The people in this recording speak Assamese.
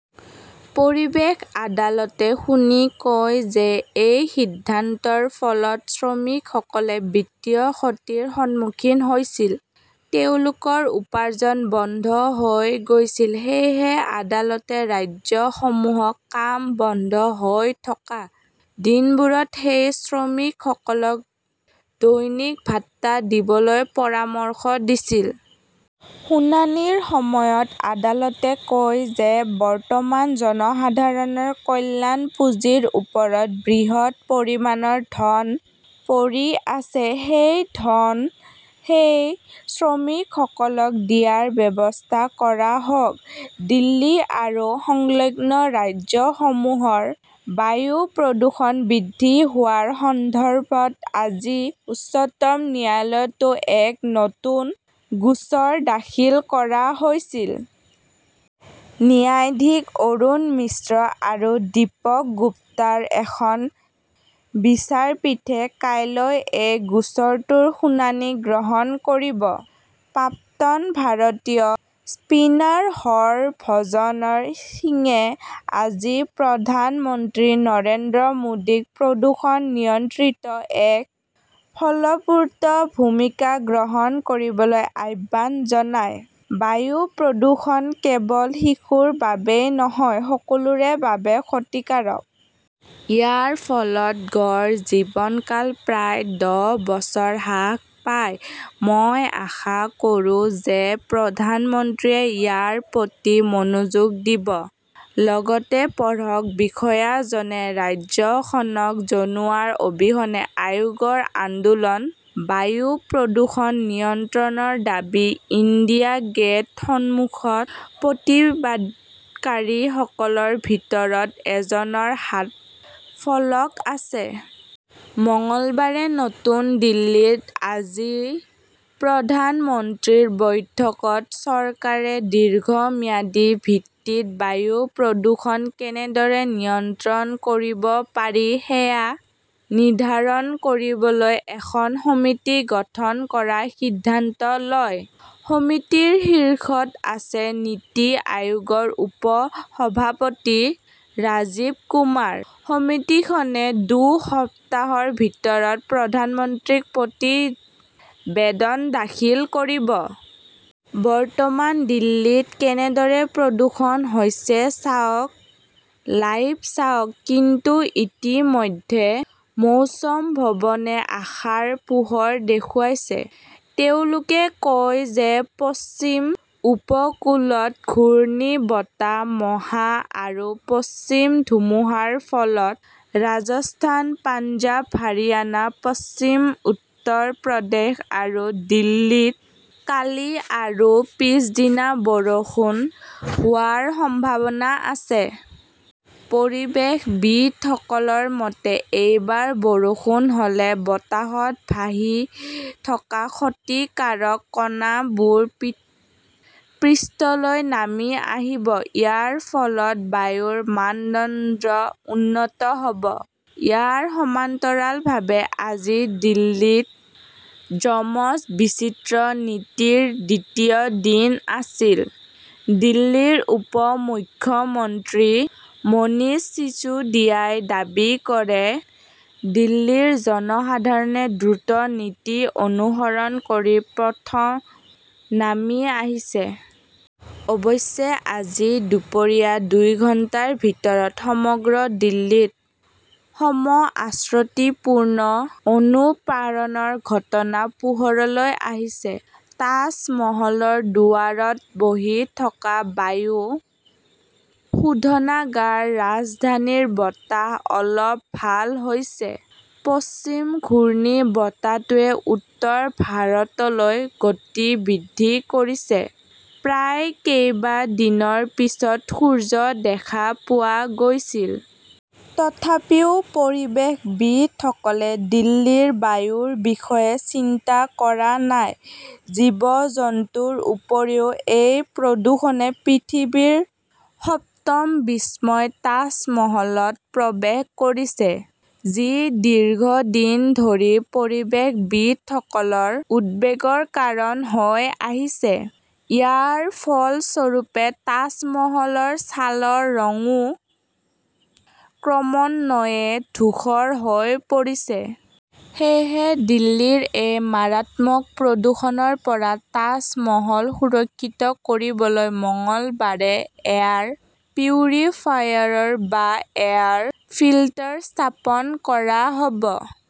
পৰিৱেশ আদালতে শুনি কয় যে এই সিদ্ধান্তৰ ফলত শ্ৰমিকসকলে বিত্তীয় ক্ষতিৰ সন্মুখীন হৈছিল। তেওঁলোকৰ উপাৰ্জন বন্ধ হৈ গৈছে। সেয়েহে আদালতে ৰাজ্যসমূহক কাম বন্ধ হৈ থকা দিনবোৰত সেই শ্ৰমিকসকলক দৈনিক ভাত্তা দিবলৈ পৰামৰ্শ দিছিল। শুনানিৰ সময়ত আদালতে কয় যে বৰ্তমান জনসাধাৰণৰ কল্যাণ পুঁজিৰ ওপৰত বৃহৎ পৰিমাণৰ ধন পৰি আছে। সেই ধন সেই শ্ৰমিকসকলক দিয়াৰ ব্যৱস্থা কৰা হওক। দিল্লী আৰু সংলগ্ন ৰাজ্যসমূহৰ বায়ু প্ৰদূষণ বৃদ্ধি হোৱাৰ সন্দৰ্ভত আজি উচ্চতম ন্যায়ালয়তো এক নতুন গোচৰ দাখিল কৰা হৈছিল। ন্যায়াধীশ অৰুণ মিশ্ৰ আৰু দীপক গুপ্তাৰ এখন বিচাৰপীঠে কাইলৈ এই গোচৰটোৰ শুনানি গ্ৰহণ কৰিব। প্ৰাক্তন ভাৰতীয় স্পিনাৰ হৰভজন সিঙে আজি প্ৰধানমন্ত্ৰী নৰেন্দ্ৰ মোডীক প্ৰদূষণ নিয়ন্ত্ৰণত এক ফলপ্ৰসূ ভূমিকা গ্ৰহণ কৰিবলৈ আহ্বান জনায়। "বায়ু প্ৰদূষণ কেৱল শিশুৰ বাবেই নহয়, সকলোৰে বাবে ক্ষতিকাৰক। ইয়াৰ ফলত গড় জীৱনকাল প্ৰায় দহ বছৰ হ্ৰাস পায়। মই আশা কৰোঁ যে প্ৰধানমন্ত্ৰীয়ে ইয়াৰ প্ৰতি মনোযোগ দিব।" লগতে পঢ়কঃ বিষয়াজনে ৰাজ্যখনক জনোৱাৰ অবিহনে আয়োগৰ আন্দোলন, বায়ু প্ৰদূষণ নিয়ন্ত্ৰণৰ দাবীত ইণ্ডিয়া গেটৰ সন্মুখত প্ৰতিবাদকাৰীসকলৰ ভিতৰত এজনৰ হাতত ফলক আছে। মঙলবাৰে নতুন দিল্লীত। আজি প্ৰধানমন্ত্ৰীৰ বৈঠকত চৰকাৰে দীৰ্ঘম্যাদী ভিত্তিত বায়ু প্ৰদূষণ কেনেদৰে নিয়ন্ত্ৰণ কৰিব পাৰি সেয়া নিৰ্ধাৰণ কৰিবলৈ এখন সমিতি গঠন কৰাৰ সিদ্ধান্ত লয়। সমিতিৰ শীৰ্ষত আছে নীতি আয়োগৰ উপ-সভাপতি ৰাজীৱ কুমাৰ। সমিতিখনে দুসপ্তাহৰ ভিতৰত প্ৰধানমন্ত্ৰীক প্ৰতিবেদন দাখিল কৰিব। বৰ্তমান দিল্লীত কেনেদৰে প্ৰদূষণ হৈছে চাওক, লাইভ চাওক কিন্তু ইতিমধ্যে মৌছ'ম ভৱনে আশাৰ পোহৰ দেখুৱাইছে। তেওঁলোকে কয় যে পশ্চিম উপকূলত ঘূৰ্ণীবতাহ মহা আৰু পশ্চিম ধুমুহাৰ ফলত ৰাজস্থান, পঞ্জাৱ, হাৰিয়ানা, পশ্চিম উত্তৰ প্ৰদেশ আৰু দিল্লীত কালি আৰু পিছদিনা বৰষুণ হোৱাৰ সম্ভাৱনা আছে। পৰিৱেশবিদসকলৰ মতে, এবাৰ বৰষুণ হ'লে বতাহত ভাহি থকা ক্ষতিকাৰক কণাবোৰ পৃষ্ঠলৈ নামি আহিব। ইয়াৰ ফলত বায়ুৰ মানদণ্ড উন্নত হ'ব। ইয়াৰ সমান্তৰালভাৱে আজি দিল্লীত যমজ-বিচিত্ৰ নীতিৰ দ্বিতীয় দিন আছিল। দিল্লীৰ উপ মুখ্যমন্ত্ৰী মনীষ চিচুডিয়াই দাবী কৰে, "দিল্লীৰ জনসাধাৰণে দ্বৈত নীতি অনুসৰণ কৰি পথত নামি আহিছে। "অৱশ্যে আজি দুপৰীয়া দুঘণ্টাৰ ভিতৰত সমগ্ৰ দিল্লীত সম-অসঙ্গতিপূৰ্ণ অনুপাৰণৰ ঘটনা পোহৰলৈ আহিছে। তাজমহলৰ দুৱাৰত বহি থকা বায়ু শোধনাগাৰ ৰাজধানীৰ বতাহ অলপ ভাল হৈছে। পশ্চিম ঘূৰ্ণীবতাহটোৱে উত্তৰ ভাৰতলৈ গতি বৃদ্ধি কৰিছে। প্ৰায় কেইবা দিনৰ পিছত সূৰ্য দেখা পোৱা গৈছিল। তথাপিও পৰিৱেশবিদসকলে দিল্লীৰ বায়ুৰ বিষয়ে চিন্তা কৰা নাই। জীৱ-জন্তুৰ উপৰিও, এই প্ৰদূষণে পৃথিৱীৰ সপ্তম বিস্ময় তাজমহলত প্ৰৱেশ কৰিছে, যি দীৰ্ঘদিন ধৰি পৰিৱেশবিদসকলৰ উদ্বেগৰ কাৰণ হৈ আহিছে। ইয়াৰ ফলস্বৰূপে তাজমহলৰ ছালৰ ৰংও ক্ৰমান্বয়ে ধূসৰ হৈ পৰিছে। সেয়েহে দিল্লীৰ এই মাৰাত্মক প্ৰদূষণৰ পৰা তাজমহল সুৰক্ষিত কৰিবলৈ মঙলবাৰে এয়াৰ পিউৰিফায়াৰ বা এয়াৰ ফিল্টাৰ স্থাপন কৰা হ'ব।